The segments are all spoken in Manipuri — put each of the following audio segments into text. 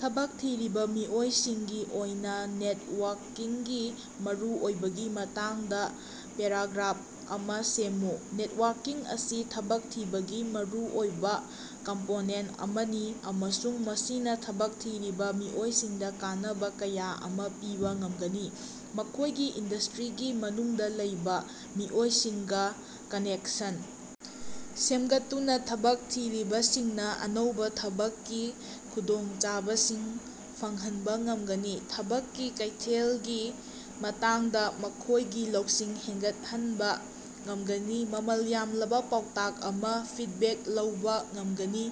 ꯊꯕꯛ ꯊꯤꯔꯤꯕ ꯃꯤꯑꯣꯏꯁꯤꯡꯒꯤ ꯑꯣꯏꯕ ꯅꯦꯠꯋꯥꯛꯀꯤꯡꯒꯤ ꯃꯔꯨꯑꯣꯏꯕꯒꯤ ꯃꯇꯥꯡꯗ ꯄꯦꯔꯥꯒ꯭ꯔꯥꯞ ꯑꯃ ꯁꯦꯝꯃꯨ꯫ ꯅꯦꯠꯋꯥꯛꯀꯤꯡ ꯑꯁꯤ ꯊꯕꯛ ꯊꯤꯕꯒꯤ ꯃꯔꯨꯑꯣꯏꯕ ꯀꯝꯄꯣꯅꯦꯟ ꯑꯃꯅꯤ ꯑꯃꯁꯨꯡ ꯃꯁꯤꯅ ꯊꯕꯛ ꯊꯤꯔꯤꯕ ꯃꯤꯑꯣꯏꯁꯤꯡꯗ ꯀꯥꯟꯅꯕ ꯀꯌꯥ ꯑꯃ ꯄꯤꯕ ꯉꯝꯒꯅꯤ꯫ ꯃꯈꯣꯏꯒꯤ ꯏꯟꯗꯁꯇꯔꯤꯒꯤ ꯃꯅꯨꯡꯗ ꯂꯩꯕ ꯃꯤꯑꯣꯏꯁꯤꯡꯒ ꯀꯅꯦꯛꯁꯟ ꯁꯦꯝꯒꯠꯇꯨꯅ ꯊꯕꯛ ꯊꯤꯔꯤꯕꯁꯤꯡꯅ ꯑꯅꯧꯕ ꯊꯕꯛꯀꯤ ꯈꯨꯗꯣꯡꯆꯥꯕꯁꯤꯡ ꯐꯪꯍꯟꯕ ꯉꯝꯒꯅꯤ ꯊꯕꯛꯀꯤ ꯀꯩꯊꯦꯜꯒꯤ ꯃꯇꯥꯡꯗ ꯃꯈꯣꯏꯒꯤ ꯂꯧꯁꯤꯡ ꯍꯦꯟꯒꯠꯍꯟꯕ ꯉꯝꯒꯅꯤ ꯃꯃꯜ ꯌꯥꯝꯂꯕ ꯄꯥꯎꯇꯥꯛ ꯑꯃ ꯐꯤꯠꯕꯦꯛ ꯂꯧꯕ ꯉꯝꯒꯅꯤ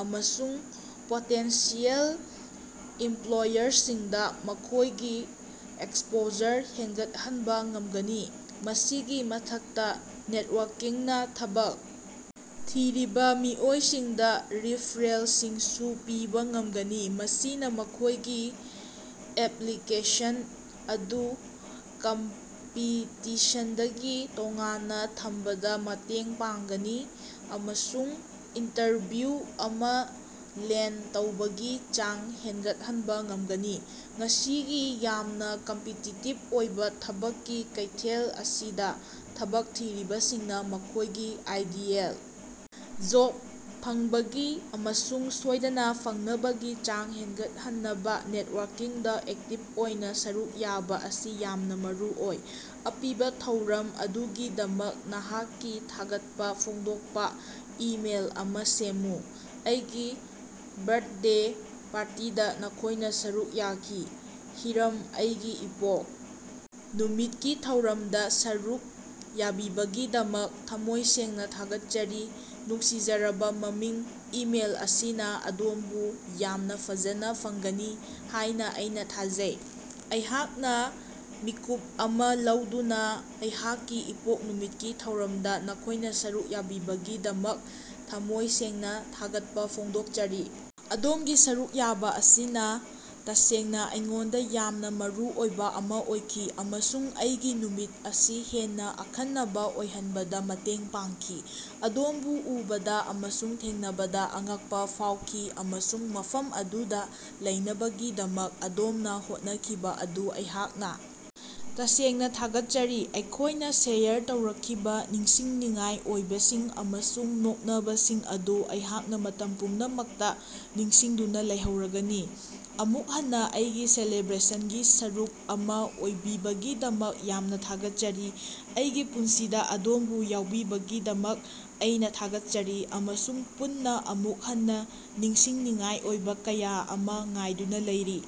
ꯑꯃꯁꯨꯡ ꯄꯣꯇꯦꯟꯁꯤꯌꯦꯜ ꯏꯝꯄꯂꯣꯌꯔꯁꯤꯡꯗ ꯃꯈꯣꯏꯒꯤ ꯑꯦꯛꯁꯄꯣꯖꯔ ꯍꯦꯟꯒꯠꯍꯟꯕ ꯉꯝꯒꯅꯤ꯫ ꯃꯁꯤꯒꯤ ꯃꯊꯛꯇ ꯅꯦꯇꯋꯥꯛꯀꯤꯡꯅ ꯊꯕꯛ ꯊꯤꯔꯤꯕ ꯃꯤꯑꯣꯏꯁꯤꯡꯗ ꯔꯤꯐꯔꯦꯜꯁꯤꯡꯁꯨ ꯄꯤꯕ ꯉꯝꯒꯅꯤ ꯃꯁꯤꯅ ꯃꯈꯣꯏꯒꯤ ꯑꯦꯞꯂꯤꯀꯦꯁꯟ ꯑꯗꯨ ꯀꯝꯄꯤꯇꯤꯁꯟꯗꯒꯤ ꯇꯣꯉꯥꯟꯅ ꯊꯝꯕꯗ ꯃꯇꯦꯡ ꯄꯥꯡꯒꯅꯤ ꯑꯃꯁꯨꯡ ꯏꯟꯇꯔꯚꯤꯌꯨ ꯑꯃ ꯂꯦꯟ ꯇꯧꯕꯒꯤ ꯆꯥꯡ ꯍꯦꯟꯒꯠꯍꯟꯕ ꯉꯝꯒꯅꯤ꯫ ꯉꯁꯤꯒꯤ ꯌꯥꯝꯅꯥ ꯀꯝꯄꯤꯇꯤꯇꯤꯞ ꯑꯣꯏꯕ ꯊꯕꯛꯀꯤ ꯀꯩꯊꯦꯜ ꯑꯁꯤꯗ ꯊꯕꯛ ꯊꯤꯔꯤꯕꯁꯤꯡꯅ ꯃꯈꯣꯏꯒꯤ ꯑꯥꯏꯗꯤꯌꯦꯜ ꯖꯣꯕ ꯐꯪꯕꯒꯤ ꯑꯃꯁꯨꯡ ꯁꯣꯏꯗꯅ ꯐꯪꯅꯕꯒꯤ ꯆꯥꯡ ꯍꯦꯟꯒꯠꯍꯟꯅꯕ ꯅꯦꯠꯋꯛꯀꯤꯡꯗ ꯑꯦꯛꯇꯤꯞ ꯑꯣꯏꯅ ꯁꯔꯨꯛ ꯌꯥꯕ ꯑꯁꯤ ꯌꯥꯝꯅ ꯃꯔꯨꯑꯣꯏ꯫ ꯑꯄꯤꯕ ꯊꯧꯔꯝ ꯑꯗꯨꯒꯤꯗꯃꯛ ꯅꯍꯥꯛꯀꯤ ꯊꯥꯒꯠꯄ ꯐꯣꯡꯗꯣꯛꯄ ꯏꯃꯦꯜ ꯑꯃ ꯁꯦꯝꯃꯨ꯫ ꯑꯩꯒꯤ ꯕꯔꯠꯗꯦ ꯄꯥꯔꯇꯤꯗ ꯅꯈꯣꯏꯅ ꯁꯔꯨꯛ ꯌꯥꯈꯤ꯫ ꯍꯤꯔꯝ ꯑꯩꯒꯤ ꯏꯄꯣꯛ ꯅꯨꯃꯤꯠꯀꯤ ꯊꯧꯔꯝꯗ ꯁꯔꯨꯛ ꯌꯥꯕꯤꯕꯒꯤꯗꯃꯛ ꯊꯝꯃꯣꯏ ꯁꯦꯡꯅ ꯊꯥꯒꯠꯆꯔꯤ ꯅꯨꯡꯁꯤꯖꯔꯕ ꯃꯃꯤꯡ ꯏꯃꯦꯜ ꯑꯁꯤꯅ ꯑꯗꯣꯝꯕꯨ ꯌꯥꯝꯅ ꯐꯖꯅ ꯐꯪꯒꯅꯤ ꯍꯥꯏꯅ ꯑꯩꯅ ꯊꯥꯖꯩ꯫ ꯑꯩꯍꯥꯛꯅ ꯃꯤꯀꯨꯞ ꯑꯃ ꯂꯧꯗꯨꯅ ꯑꯩꯍꯥꯛꯀꯤ ꯏꯄꯣꯛ ꯅꯨꯃꯤꯠꯀꯤ ꯊꯧꯔꯝꯗ ꯅꯈꯣꯏꯅ ꯁꯔꯨꯛ ꯌꯥꯕꯤꯕꯒꯤꯗꯃꯛ ꯊꯃꯣꯏ ꯁꯦꯡꯅ ꯊꯥꯒꯠꯄ ꯐꯣꯡꯗꯣꯛꯆꯔꯤ꯫ ꯑꯗꯣꯝꯒꯤ ꯁꯔꯨꯛ ꯌꯥꯕ ꯑꯁꯤꯅ ꯇꯁꯦꯡꯅ ꯑꯩꯉꯣꯟꯗ ꯌꯥꯝꯅ ꯃꯔꯨꯑꯣꯏꯕ ꯑꯃ ꯑꯣꯏꯈꯤ ꯑꯃꯁꯨꯡ ꯑꯩꯒꯤ ꯅꯨꯃꯤꯠ ꯑꯁꯤ ꯍꯦꯟꯅ ꯑꯈꯟꯅꯕ ꯑꯣꯏꯍꯟꯕꯗ ꯃꯇꯦꯡ ꯄꯥꯡꯈꯤ꯫ ꯑꯗꯣꯝꯕꯨ ꯎꯕꯗ ꯑꯃꯁꯨꯡ ꯊꯦꯡꯅꯕꯗ ꯑꯉꯛꯄ ꯐꯥꯎꯈꯤ ꯑꯃꯁꯨꯡ ꯃꯐꯝ ꯑꯗꯨꯗ ꯂꯩꯅꯕꯒꯤꯗꯃꯛ ꯑꯗꯣꯝꯅ ꯍꯣꯠꯅꯈꯤꯕ ꯑꯗꯨ ꯑꯩꯍꯥꯛꯅ ꯇꯁꯦꯡꯅ ꯊꯥꯒꯠꯆꯔꯤ꯫ ꯑꯩꯈꯣꯏꯅ ꯁꯦꯌꯔ ꯇꯧꯔꯛꯈꯤꯕ ꯅꯤꯡꯁꯤꯡꯅꯤꯡꯉꯥꯏ ꯑꯣꯏꯕꯁꯤꯡ ꯑꯃꯁꯨꯡ ꯅꯣꯛꯅꯕꯁꯤꯡ ꯑꯗꯨ ꯑꯩꯍꯥꯛꯅ ꯃꯇꯝ ꯄꯨꯝꯅꯃꯛꯇ ꯅꯤꯡꯁꯤꯡꯗꯨꯅ ꯂꯩꯍꯧꯔꯒꯅꯤ꯫ ꯑꯃꯨꯛ ꯍꯟꯅ ꯑꯩꯒꯤ ꯁꯦꯂꯦꯕꯔꯦꯁꯟꯒꯤ ꯁꯔꯨꯛ ꯑꯃ ꯑꯣꯏꯕꯤꯕꯒꯤꯗꯃꯛ ꯌꯥꯝꯅ ꯊꯥꯒꯠꯆꯔꯤ꯫ ꯑꯩꯒꯤ ꯄꯨꯟꯁꯤꯗ ꯑꯗꯣꯝꯕꯨ ꯌꯥꯎꯕꯤꯕꯒꯤꯗꯃꯛ ꯑꯩꯅ ꯊꯥꯒꯠꯆꯔꯤ ꯑꯃꯁꯨꯡ ꯄꯨꯟꯅ ꯑꯃꯨꯛ ꯍꯟꯅ ꯅꯤꯡꯁꯤꯡꯅꯤꯡꯉꯥꯏ ꯑꯣꯏꯕ ꯀꯌꯥ ꯑꯃ ꯉꯥꯏꯗꯨꯅ ꯂꯩꯔꯤ꯫